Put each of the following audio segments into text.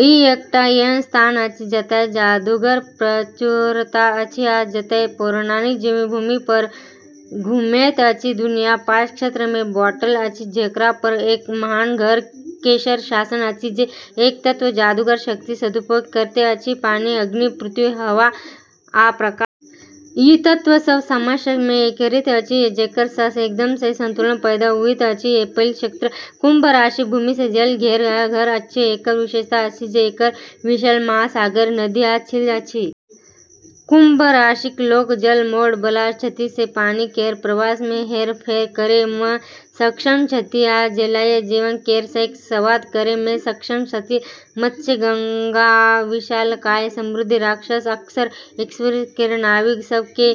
ई एकटा एहन स्थान अछि जतए जादूक प्रचुरता अछि आ जतए पौराणिक जीव भूमि पर घुमैत अछि। दुनिया पाँच क्षेत्र मे बाँटल अछि, जेकरा पर एक महान घर केर शासन अछि जे एक तत्व जादूक शक्तिक सदुपयोग करैत अछि- पानी, अग्नि, पृथ्वी, हवा, आ प्रकाश। ई तत्व सभ सामंजस्य मे एकीकृत अछि, जेकरा सँ एकदम सही संतुलन पैदा होइत अछि। पहिल क्षेत्र कुंभ राशिक भूमि मे जल केर घर अछि। एकर विशेषता अछि जे एकर विशाल महासागर, नदी, आ झील अछि। कुंभ राशिक लोक जल-मोड़ै बला छथि, जे पानी केर प्रवाह मे हेरफेर करै मे सक्षम छथि आ जलीय जीव केर सँग संवाद करै मे सक्षम छथि। मत्स्यांगना आ विशालकाय समुद्री राक्षस अक्सर एक्वारिस केर नाविक सभ केर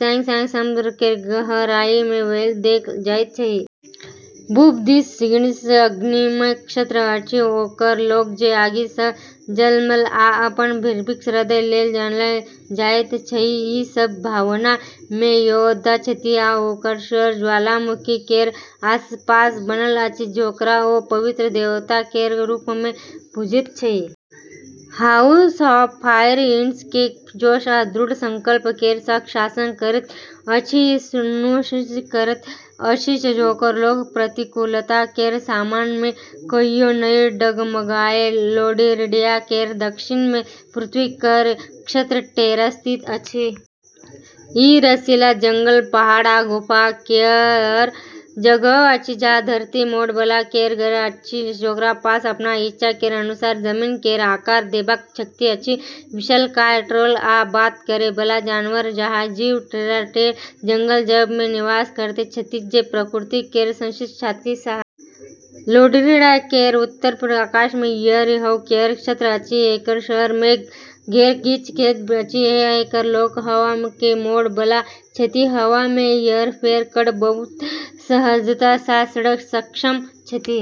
सँग-सँग समुद्र केर गहराई मे हेलैत देखल जाइत छथि। पूब दिस इग्निसक अग्निमय क्षेत्र अछि; ओकर लोक जे आगि सँ जन्मल आ अपन निर्भीक हृदय लेल जानल जाइत छथि। ई सभ भावना मे योद्धा छथि आ ओकर शहर ज्वालामुखी केर आसपास बनल अछि, जेकरा ओ पवित्र देवता केर रूप मे पूजैत छथि। हाउस ऑफ फायर इग्निस केँ जोश आ दृढ़ संकल्प केर सँग शासन करैत अछि, ई सुनिश्चित करैत अछि जे ओकर लोक प्रतिकूलता केर सामना मे कहियो नहि डगमगाए। लोरिंडिया केर दक्षिण मे पृथ्वी केर क्षेत्र टेरा स्थित अछि। ई रसीला जंगल, पहाड़, आ गुफा केर जगह अछि, जहाँ धरती-मोड़ै बला केर घर अछि, जेकरा पास अपन इच्छा केर अनुसार जमीन केर आकार देबाक शक्ति अछि। विशालकाय ट्रोल आ बात करै बला जानवर जकाँ जीव टेरा केर जंगल सभ मे निवास करैत छथि, जे प्रकृति केर सँग शांति सँ सह-अस्तित्व मे रहैत छथि। लोरिंडिया केर उत्तरी आकाश मे एयर, हवा केर क्षेत्र अछि। एकर शहर मेघ केर बीच बहैत अछि, आ एकर लोक हवा केँ मोड़ै बला छथि, हवा मे हेरफेर कऽ कऽ बहुत सहजता सँ उड़ै मे सक्षम छथि।